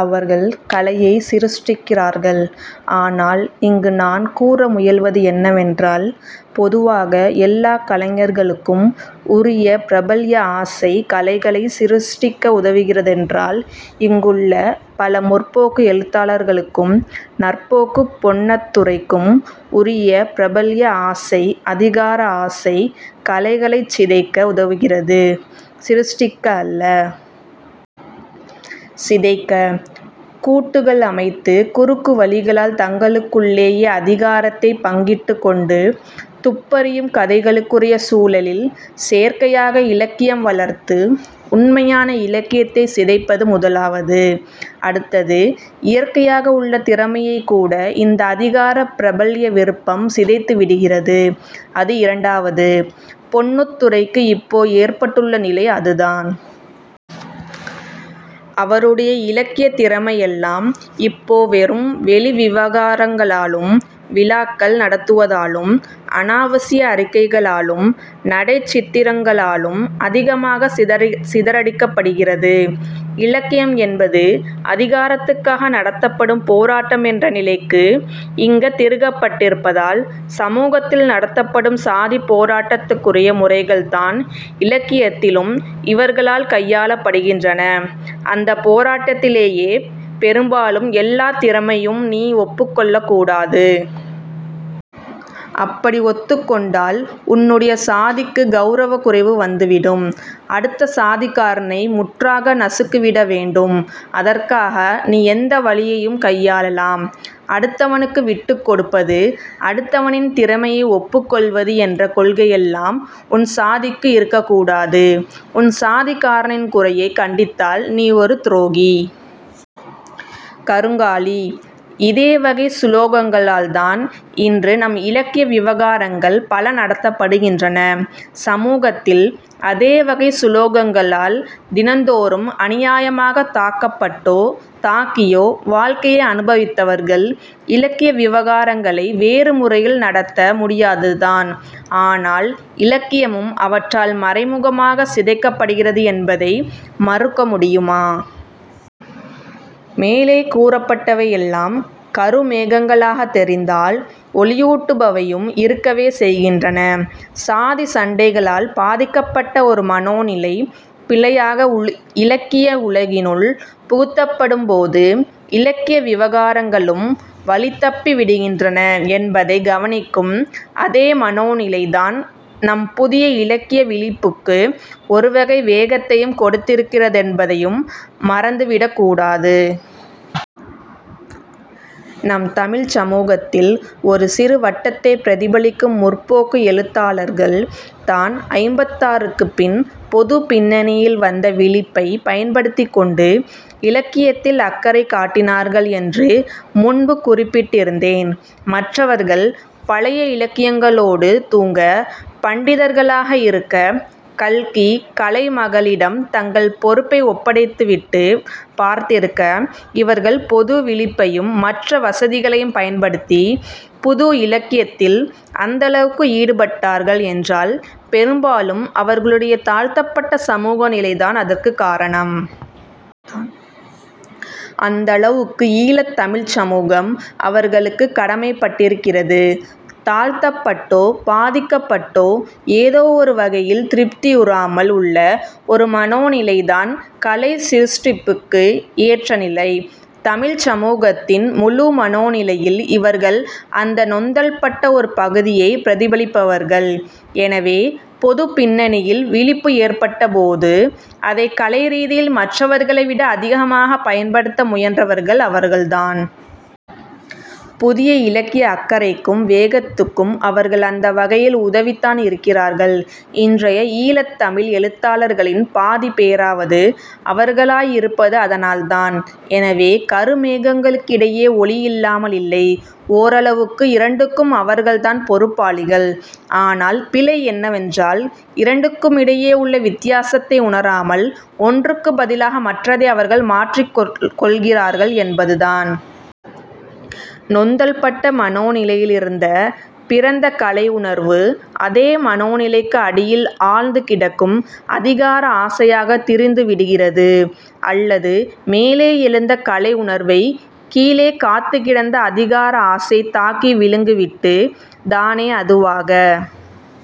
அவர்கள் கலையைச் சிருஷ்டிக்கிறார்கள். ஆனால் இங்கு நான் கூற முயல்வது என்னவென்றால் பொதுவாக எல்லாக் கலைஞர்களுக்கும் உரிய பிரபல்ய ஆசை கலைகளைச் சிருஷ்டிக்க உதவுகிறதென்றால் இங்குள்ள பல 'முற்போக்கு' எழுத்தாளர்களுக்கும் 'நற்போக்கு' பொன்னத்துரைக்கும் உரிய பிரபல்ய ஆசை அதிகார ஆசை கலைகளைச் சிதைக்க உதவுகிறது. சிருஷ்டிக்க அல்ல. சிதைக்க! கூட்டுகள் அமைத்து குறுக்கு வழிகளால் தங்களுக்குள்ளேயே அதிகாரத்தைப் பங்கிட்டுக்கொண்டு துப்பறியும் கதைகளுக்குரிய சூழலில் செயற்கையாக இலக்கியம் வளர்த்து உண்மையான இலக்கியத்தைச் சிதைப்பது முதலாவது. அடுத்தது, இயற்கையாக உள்ள திறமையைக் கூட இந்த அதிகார பிரபல்ய விருப்பம் சிதைத்து விடுகிறது. அது இரண்டாவது. பொன்னுத்துரைக்கு இப்போ ஏற்பட்டுள்ள நிலை அதுதான். அவருடைய இலக்கியத் திறமையெல்லாம் இப்போ வெறும் வெளி விவகாரங்களாலும் விழாக்கள் நடத்துவதாலும் அனாவசிய அறிக்கைகளாலும் நடைச் சித்திரங்களாலும் அதிகமாகச் சிதறடிக்கப்படுகிறது. இலக்கியம் என்பது அதிகாரத்துக்காக நடத்தப்படும் போராட்டம் என்ற நிலைக்கு இங்க திருகப்பட்டிருப்பதால், சமூகத்தில் நடத்தப்படும் சாதிப் போராட்டத்துக்குரிய முறைகள்தான் இலக்கியத்திலும் இவர்களால் கையாளப்படுகின்றன. அந்தப் போராட்டத்திலேயே பெரும்பாலும் எல்லாத் திறமையும் நீ ஒப்புக்கொள்ளக் கூடாது. அப்படி ஒத்துக்கொண்டால் உன்னுடைய சாதிக்குக் கௌரவக் குறைவு வந்துவிடும். அடுத்த சாதிக்காரனை முற்றாக நசுக்கிவிட வேண்டும். அதற்காக நீ எந்தவழியையும் கையாளலாம். அடுத்தவனுக்கு விட்டுக்கொடுப்பது, அடித்தவனின் திறமையை ஒப்புக்கொள்வது என்ற கொள்கையெல்லாம் உன் சாதிக்கு இருக்கக் கூடாது. உன் சாதிக்காரனின் குறையைக் கண்டித்தால் நீ ஒரு துரோகி. கருங்காலி. இதே வகைச் சுலோகங்களால்தான் இன்று நம் இலக்கிய விவகாரங்கள் பல நடத்தப்படுகின்றன. சமூகத்தில் அதே வகைச் சுலோகங்களால் தினந்தோறும் அநியாயமாகத் தாக்கப்பட்டோ, தாக்கியோ வாழ்க்கையை அனுபவித்தவர்கள் இலக்கிய விவகாரங்களை வேறு முறையில் நடத்த முடியாதுதான். ஆனால் இலக்கியமும் அவற்றால் மறைமுகமாகச் சிதைக்கப்படுகிறது என்பதை மறுக்க முடியுமா? மேலே கூறப்பட்டவை எல்லாம் கருமேகங்களாகத் தெரிந்தால் ஒளியூட்டுபவையும் இருக்கவே செய்கின்றன. சாதிச் சண்டைகளால் பாதிக்கப்பட்ட ஒரு மனோ நிலை, பிழையாக இலக்கிய உலகினுள் புகுத்தப்படும்போது இலக்கிய விவகாரங்களும் வழிதப்பி விடுகின்றன என்பதைத் கவனிக்கும் அதே மனோநிலைதான் நம் புதிய இலக்கிய விழிப்புக்கு ஒருவகை வேகத்தையும் கொடுத்திருக்கிறதென்பதையும் மறந்துவிடக்கூடாது. நம் தமிழ்ச் சமூகத்தில் ஒரு சிறு வட்டத்தைப் பிரதிபலிக்கும் 'முற்போக்கு' எழுத்தாளர்கள் தான் ஐம்பத்தாறுக்குப் பின் பொதுப் பின்னணியில் வந்த விழிப்பைப் பயன்படுத்திக்கொண்டு இலக்கியத்தில் அக்கறை காட்டினார்கள் என்று முன்பு குறிப்பிட்டிருந்தேன். மற்றவர்கள் பழைய இலக்கியங்களோடு தூங்க, பண்டிதர்களாக இருக்க, 'கல்கி,' 'கலைமகளி'டம் தங்கள் பொறுப்பை ஒப்படைத்துவிட்டுப் பார்த்திருக்க, இவர்கள் பொது விழிப்பையும் மற்ற வசதிகளையும் பயன்படுத்தி புது இலக்கியத்தில் அந்தளவுக்கு ஈடுபட்டார்கள் என்றால் பெரும்பாலும் அவர்களுடைய தாழ்த்தப்பட்ட சமூக நிலைதான் அதற்குக் காரணம். அந்தளவுக்கு ஈழத் தமிழ்ச் சமூகம் அவர்களுக்குக் கடமைப்பட்டிருக்கிறது. தாழ்த்தப்பட்டோ பாதிக்கப்பட்டோ ஏதோ ஒரு வகையில் திருப்தியுறாமல் உள்ள ஒரு மனோநிலைதான் கலை சிருஷ்டிப்புக்கு ஏற்ற நிலை. தமிழ்ச் சமூகத்தின் முழு மனோநிலையில் இவர்கள் அந்த நொந்தல்பட்ட ஒரு பகுதியைப் பிரதிபலிப்பவர்கள். எனவே, பொதுப் பின்னணியில் விழிப்பு ஏற்பட்டபோது அதைக் கலை ரீதியில் மற்றவர்களை விட அதிகமாகப் பயன்படுத்த முயன்றவர்கள் அவர்கள்தான். புதிய இலக்கிய அக்கறைக்கும் வேகத்துக்கும் அவர்கள் அந்த வகையில் உதவித்தான் இருக்கிறார்கள். இன்றைய ஈழத் தமிழ் எழுத்தாளர்களின் பாதிப் பேராவது அவர்களாய் இருப்பது அதனால்தான். எனவே, கருமேகங்களுக்கிடையே ஒளி இல்லாமலில்லை. ஓரளவுக்கு இரண்டுக்கும் அவர்கள்தான் பொறுப்பாளிகள். ஆனால் பிழை என்னவென்றால் இரண்டுக்குமிடையே உள்ள வித்தியாசத்தை உணராமல் ஒன்றுக்குப் பதிலாக மற்றதை அவர்கள் மாற்றிக்கொள்கிறார்கள் என்பதுதான். நொந்தல்பட்ட மனோநிலையிலிருந்த பிறந்த கலை உணர்வு அதே மனோநிலைக்கு அடியில் ஆழ்ந்து கிடக்கும் அதிகார ஆசையாகத் திரிந்து விடுகிறது. அல்லது மேலே எழுந்த கலை உணர்வை கீழே காத்துக் கிடந்த அதிகார ஆசை தாக்கி விழுங்கிவிட்டு, தானே அதுவாக